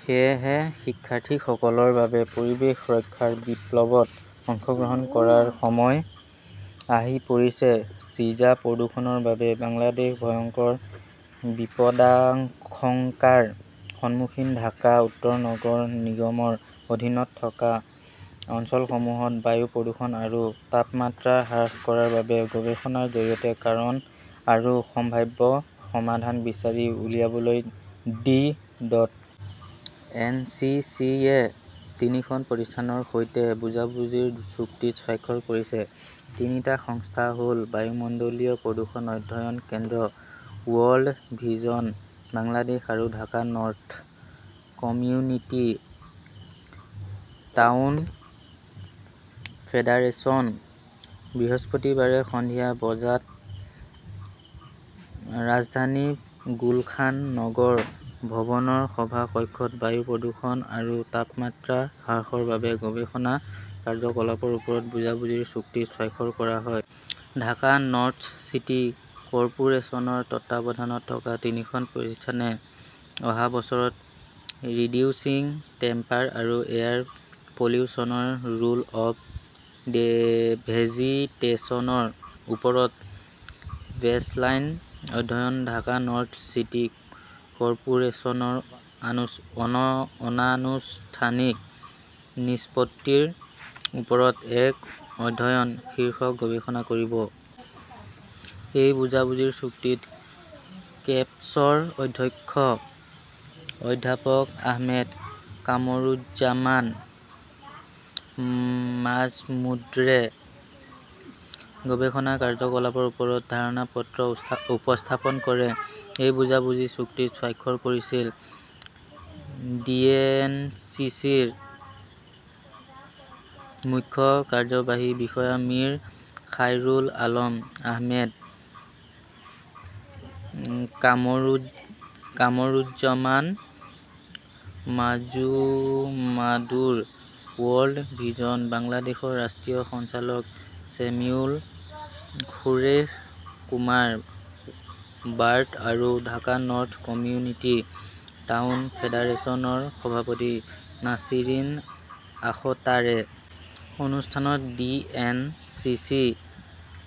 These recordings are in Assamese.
সেয়েহে শিক্ষাৰ্থীসকলৰ বাবে পৰিৱেশ ৰক্ষাৰ বিপ্লৱত অংশগ্ৰহণ কৰাৰ সময় আহি পৰিছে। ছিজা প্ৰদূষণৰ বাবে বাংলাদেশ ভয়ংকৰ বিপদাশংকাৰ সন্মুখীন ঢাকা উত্তৰ নগৰ নিগমৰ অধীনত থকা অঞ্চলসমূহত বায়ু প্ৰদূষণ আৰু তাপমাত্ৰা হ্ৰাস কৰাৰ বাবে গৱেষণাৰ জৰিয়তে কাৰণ আৰু সম্ভাৱ্য সমাধান বিচাৰি উলিয়াবলৈ ডি. এন. চি. চি. -য়ে তিনিখন প্ৰতিষ্ঠানৰ সৈতে বুজাবুজিৰ চুক্তিত স্বাক্ষৰ কৰিছে। তিনিটা সংস্থা হ ‘ল বায়ুমণ্ডলীয় প্ৰদূষণ অধ্যয়ন কেন্দ্ৰ, ৱৰ্ল্ড ভিজন বাংলাদেশ আৰু Dhaka north community town federation. বৃহস্পতিবাৰে সন্ধিয়া বজাত ৰাজধানীৰ গুলশান- নগৰ ভৱনৰ সভা কক্ষত বায়ু প্ৰদূষণ আৰু তাপমাত্ৰা হ্ৰাসৰ বাবে গৱেষণা কাৰ্যকলাপৰ ওপৰত বুজাবুজিৰ চুক্তিত স্বাক্ষৰ কৰা হয়। ঢাকা নৰ্থ চিটি কৰ্পোৰেচনৰ তত্বাৱধানত থকা তিনিখন প্ৰতিষ্ঠানে অহা বছৰত 'ৰিডিউচিং টেম্পাৰ আৰু এয়াৰ পলিউশ্যনৰ ৰোল অৱ ভেজিটেশ্যনৰ ওপৰত বেচলাইন অধ্যয়নঃ ঢাকা নৰ্থ চিটি কৰ্পোৰেচনৰ অনানুষ্ঠানিক নিষ্পত্তিৰ ওপৰত এক অধ্যয়ন "শীৰ্ষক গৱেষণা কৰিব। এই বুজাবুজিৰ চুক্তিত কেপছৰ অধ্যক্ষ অধ্যাপক আহমেদ কামৰুজ্জমান মাজমুদ্ৰে গৱেষণা কাৰ্যকলাপৰ ওপৰত ধাৰণা পত্ৰ উপস্থাপন কৰে। এই বুজাবুজি চুক্তিত স্বাক্ষৰ কৰিছিল ডিএনচিচিৰ মুখ্য কাৰ্যবাহী বিষয়া মিৰ খাইৰুল আলম, আহমেদ কামৰুজ্জমান মাজুমাধুৰ, ৱৰ্ল্ড ভিজন বাংলাদেশৰ ৰাষ্ট্ৰীয় সঞ্চালক ছেমিউল সুৰেশ কুমাৰ বাৰ্ট আৰু ঢাকা নৰ্থ কমিউনিটি টাউন ফেডাৰেচনৰ সভাপতি নাছিৰিন আখতাৰে। অনুষ্ঠানত ডি. এন. চি. চি.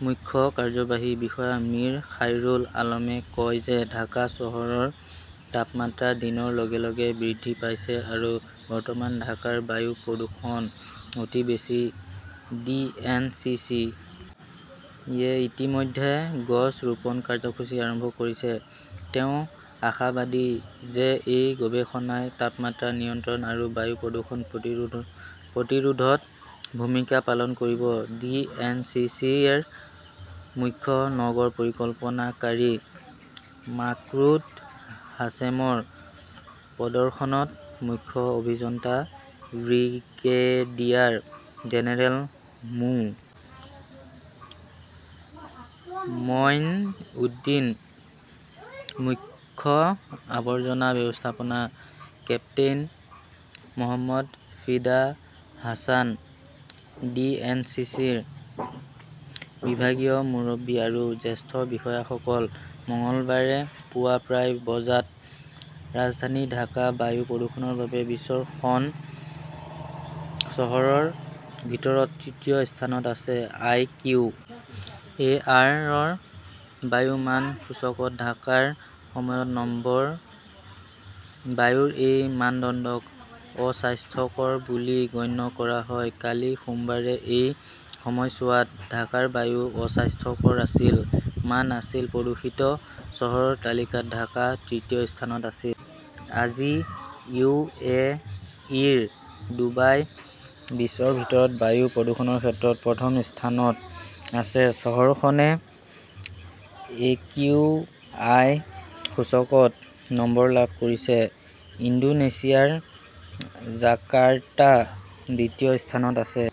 -ৰ মুখ্য কাৰ্যবাহী বিষয়া মীৰ খাইৰুল আলমে কয় যে ঢাকা চহৰৰ তাপমাত্ৰা দিনৰ লগে লগে বৃদ্ধি পাইছে আৰু বৰ্তমান ঢাকাৰ বায়ু প্ৰদূষণ অতি বেছি। ডি. এন. চি. চি. -য়ে ইতিমধ্যে গছ ৰোপণ কাৰ্যসূচী আৰম্ভ কৰিছে। তেওঁ আশাবাদী যে এই গৱেষণাই তাপমাত্ৰা নিয়ন্ত্ৰণ আৰু বায়ু প্ৰদূষণ প্ৰতিৰোধত ভূমিকা পালন কৰিব। ডি. এন. চি. চি. -ৰ মুখ্য নগৰ পৰিকল্পনাকাৰী মাক্সুদ হাছেমৰ প্ৰদৰ্শনত মুখ্য অভিযন্তা ব্ৰিগেডিয়াৰ জেনেৰেল মো. মঈন উদ্দিন, মুখ্য আৱৰ্জনা ব্যৱস্থাপনা কেপ্টেইন মহম্মদ ফিদা হাছান, ডিএনচিচিৰ বিভাগীয় মুৰব্বী আৰু জ্যেষ্ঠ বিষয়াসকল। মঙলবাৰে পুৱা প্ৰায় বজাত ৰাজধানী ঢাকা বায়ু প্ৰদূষণৰ বাবে বিশ্বৰ খন চহৰৰ ভিতৰত তৃতীয় স্থানত আছে। আই. কিউ. এ. আৰ.ৰ বায়ু মান সূচকত ঢাকাৰ সময়ৰ নম্বৰ। বায়ুৰ এই মানদণ্ডক 'অস্বাস্থ্যকৰ "বুলি গণ্য কৰা হয়। কালি সোমবাৰে এই সময়ছোৱাত ঢাকাৰ বায়ু অস্বাস্থ্যকৰ আছিল। মান আছিল। প্ৰদূষিত চহৰৰ তালিকাত ঢাকা তৃতীয় স্থানত আছিল। আজি ইউ. এ. ইৰ ডুবাই বিশ্বৰ ভিতৰত বায়ু প্ৰদূষণৰ ক্ষেত্ৰত প্ৰথম স্থানত আছে। চহৰখনে একিউআই সূচকত নম্বৰ লাভ কৰিছে। ইণ্ডোনেছিয়াৰ জাকাৰ্টা দ্বিতীয় স্থানত আছে।